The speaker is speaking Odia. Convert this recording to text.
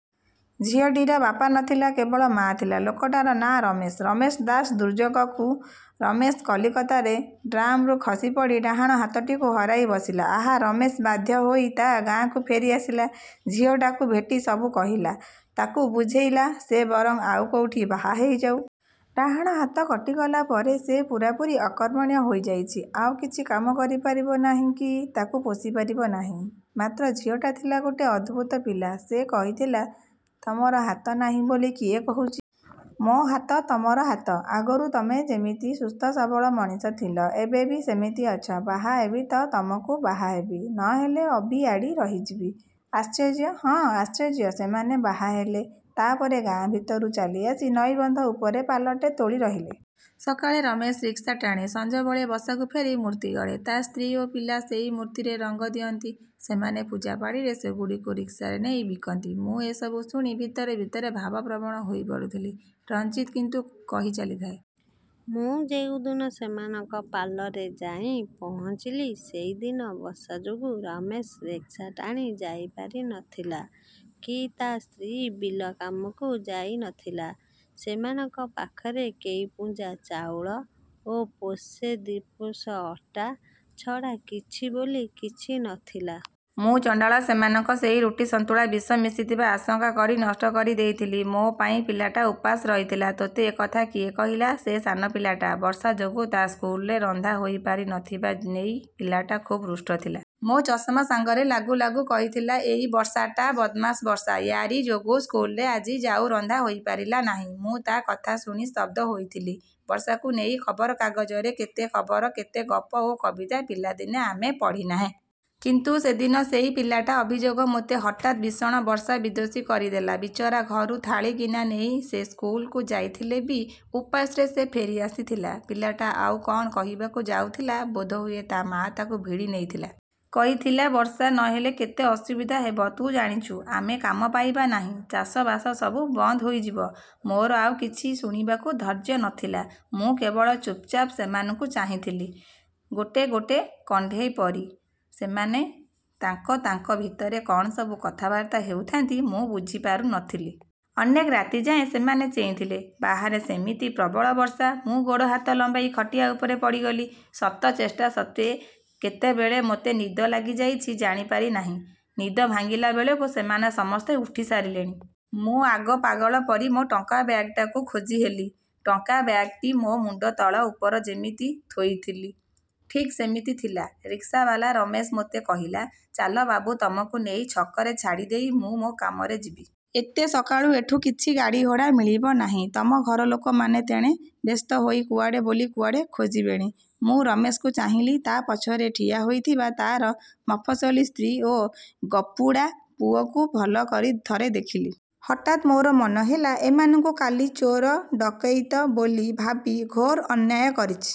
ଝିଅଟିର ବାପା ନଥିଲା। କେବଳ ମା' ଥିଲା। ଲୋକଟାର ନାଁ ରମେଶ, ରମେଶ ଦାସ। ଦୁର୍ଯୋଗକୁ ରମେଶ କଲିକତାରେ ଟ୍ରାମ୍‌ରୁ ଖସି ପଡ଼ି ଡାହାଣ ହାତଟିକୁ ହରେଇ ବସିଲା। ଆହା! ରମେଶ ବାଧ୍ୟ ହୋଇ ତା' ଗାଁକୁ ଫେରି ଆସିଲା। ଝିଅଟାକୁ ଭେଟି ସବୁ କହିଲା, ତାକୁ ବୁଝେଇଲା, ସେ ବରଂ ଆଉ କୋଉଠି ବାହା ହୋଇଯାଉ। ଡାହାଣ ହାତ କଟିଗଲା ପରେ ସେ ପୂରାପୂରି ଅକର୍ମଣ୍ୟ ହୋଇଯାଇଛି, ଆଉ କିଛି କାମ କରି ପାରିବ ନାହିଁ କି ତାକୁ ପୋଷି ପାରିବ ନାହିଁ। ମାତ୍ର ଝିଅଟା ଥିଲା ଗୋଟେ ଅଦ୍ଭୁତ ପିଲା। ସେ କହିଥିଲା, "ତମର ହାତ ନାହିଁ ବୋଲି କିଏ କହୁଛି? ମୋ ହାତ ତମର ହାତ। ଆଗରୁ ତମେ ଯେମିତି ସୁସ୍ଥ-ସବଳ ମଣିଷ ଥିଲ, ଏବେ ବି ସେମିତି ଅଛ। ବାହା ହେବି ତ ତମକୁ ବାହା ହେବି, ନ ହେଲେ ଅଭିଆଡ଼ୀ ରହିଯିବି।" ଆଶ୍ଚର୍ଯ୍ୟ! ହଁ, ଆଶ୍ଚର୍ଯ୍ୟ! ସେମାନେ ବାହା ହେଲେ। ତା' ପରେ ଗାଁ ଭିତରୁ ଚାଲି ଆସି ନଈବନ୍ଧ ଉପରେ ପାଲାଟେ ତୋଳି ରହିଲେ। ସକାଳେ ରମେଶ ରିକ୍ସା ଟାଣେ, ସଞ୍ଜବେଳେ ବସାକୁ ଫେରି ମୂର୍ତ୍ତି ଗଢ଼େ। ତା' ସ୍ତ୍ରୀ ଓ ପିଲା ସେଇ ମୂର୍ତ୍ତିରେ ରଙ୍ଗ ଦିଅନ୍ତି। ସେମାନେ ପୂଜାପାଳିରେ ସେଗୁଡ଼ିକୁ ରିକ୍ସାରେ ନେଇ ବିକନ୍ତି। ମୁଁ ଏସବୁ ଶୁଣି ଭିତରେ ଭିତରେ ଭାବପ୍ରବଣ ହୋଇ ପଡ଼ୁଥିଲି। ରଣଜିତ୍ କିନ୍ତୁ କହି ଚାଲିଥାଏ। "ମୁଁ ଯୋଉଦିନ ସେମାନଙ୍କ ପାଲାରେ ଯାଇ ପହଞ୍ଚିଲି, ସେଦିନ ବର୍ଷା ଯୋଗୁ ରମେଶ ରିକ୍ସା ଟାଣି ଯାଇ ପାରି ନଥିଲା କି ତା' ସ୍ତ୍ରୀ ବିଲ କାମକୁ ଯାଇ ନଥିଲା। ସେମାନଙ୍କ ପାଖରେ କେଇ ପୁଞ୍ଜା ଚାଉଳ ଓ ପୋଷେ ଦି' ପୋଷ ଅଟା ଛଡ଼ା କିଛି ବୋଲି କିଛି ନ ଥିଲା। ମୁଁ ଚଣ୍ଡାଳ ସେମାନଙ୍କ ସେଇ ରୁଟି ସନ୍ତୁଳା ବିଷ ମିଶିଥିବା ଆଶଙ୍କା କରି ନଷ୍ଟ କରି ଦେଇଥିଲି। ମୋ ପାଇଁ ପିଲାଟା ଉପାସ ରହିଥିଲା।" ତୋତେ ଏକଥା କିଏ କହିଲା? ସେ ସାନ ପିଲାଟା। ବର୍ଷା ଯୋଗୁଁ ତା' ସ୍କୁଲରେ ରନ୍ଧା ହୋଇ ପାରି ନ ଥିବା ନେଇ ପିଲାଟା ଖୁବ୍ ରୁଷ୍ଟ ଥିଲା। ମୋ ଚଷମା ସାଙ୍ଗରେ ଲାଗୁ ଲାଗୁ କହିଥିଲା, 'ଏଇ ବର୍ଷାଟା ବଦମାସ୍ ବର୍ଷା। ୟାରି ଯୋଗୁ ସ୍କୁଲରେ ଆଜି ଜାଉ ରନ୍ଧା ହୋଇ ପାରିଲା ନାହିଁ' ମୁଁ ତା' କଥା ଶୁଣି ସ୍ତବ୍ଧ ହୋଇଥିଲି। ବର୍ଷାକୁ ନେଇ ଖବରକାଗଜରେ କେତେ ଖବର, କେତେ ଗପ ଓ କବିତା ପିଲାଦିନେ ଆମେ ପଢ଼ିନାହେଁ! କିନ୍ତୁ ସେଦିନ ସେଇ ପିଲାଟାର ଅଭିଯୋଗ ମୋତେ ହଠାତ୍ ଭୀଷଣ ବର୍ଷା-ବିଦ୍ୱେଷୀ କରିଦେଲା। ବିଚାରା, ଘରୁ ଥାଳି ଗିନା ନେଇ ସେ ସ୍କୁଲକୁ ଯାଇଥିଲେ ବି ଉପାସରେ ସେ ଫେରି ଆସିଥିଲା। ପିଲାଟା ଆଉ କ'ଣ କହିବାକୁ ଯାଉଥିଲା ବୋଧହୁଏ ତା' ମାଆ ତାକୁ ଭିଡ଼ି ନେଇଥିଲା। କହିଥିଲା, "ବର୍ଷା ନହେଲେ କେତେ ଅସୁବିଧା ହେବ ତୁ ଜାଣିଛୁ? ଆମେ କାମ ପାଇବା ନାହିଁ। ଚାଷବାସ ସବୁ ବନ୍ଦ ହୋଇଯିବ " ମୋର ଆଉ କିଛି ଶୁଣିବାକୁ ଧୈର୍ଯ୍ୟ ନଥିଲା। ମୁଁ କେବଳ ଚୁପ୍‌ଚାପ୍ ସେମାନଙ୍କୁ ଚାହିଁଥିଲି। ଗୋଟେ ଗୋଟେ କଣ୍ଢେଇ ପରି ସେମାନେ ତାଙ୍କ ତାଙ୍କ ଭିତରେ କ'ଣ ସବୁ କଥାବାର୍ତ୍ତା ହେଉଥାନ୍ତି, ମୁଁ ବୁଝି ପାରୁ ନଥିଲି। ଅନେକ ରାତି ଯାଏ ସେମାନେ ଚେଇଁଥିଲେ। ବାହାରେ ସେଇମିତି ପ୍ରବଳ ବର୍ଷା। ମୁଁ ଗୋଡ଼ ହାତ ଲମ୍ବାଇ ଖଟିଆ ଉପରେ ପଡ଼ିଗଲି। ଶତ ଚେଷ୍ଟା ସତ୍ତ୍ୱେ କେତେବେଳେ ମୋତେ ନିଦ ଲାଗିଯାଇଛି ଜାଣି ପାରି ନାହିଁ। ନିଦ ଭାଙ୍ଗିଲା ବେଳକୁ ସେମାନେ ସମସ୍ତେ ଉଠି ସାରିଲେଣି। ମୁଁ ଆଗେ ପାଗଳ ପରି ମୋ ଟଙ୍କା ବ୍ୟାଗ୍‌ଟାକୁ ଖୋଜିହେଲି। ଟଙ୍କା ବ୍ୟାଗ୍‌ଟି ମୋ ମୁଣ୍ଡ ତଳେ ମୁଁ ଯେମିତି ଥୋଇଥିଲି ଠିକ୍ ସେମିତି ଥିଲା। ରିକ୍ସାବାଲା ରମେଶ ମୋତେ କହିଲା, "ଚାଲ ବାବୁ, ତମକୁ ନେଇ ଛକରେ ଛାଡ଼ି ଦେଇ ମୁଁ ମୋ କାମରେ ଯିବି। ଏତେ ସକାଳୁ ଏଠୁ କିଛି ଗାଡ଼ି ଘୋଡ଼ା ମିଳିବ ନାହିଁ। ତମ ଘର ଲୋକମାନେ ତେଣେ ବ୍ୟସ୍ତ ହୋଇ କୁଆଡ଼େ ବୋଲି କୁଆଡ଼େ ଖୋଜିବେଣି!" ମୁଁ ରମେଶକୁ ଚାହିଁଲି। ତା' ପଛରେ ଠିଆ ହୋଇଥିବା ତା'ର ମଫସଲୀ ସ୍ତ୍ରୀ ଓ ଗପୁଡ଼ା ପୁଅକୁ ଭଲ କରି ଥରେ ଦେଖିଲି। ହଠାତ୍ ମୋର ମନ ହେଲା, ଏମାନଙ୍କୁ କାଲି ଚୋର ଡକେଇତି ବୋଲି ଭାବି ଘୋର ଅନ୍ୟାୟ କରିଛି।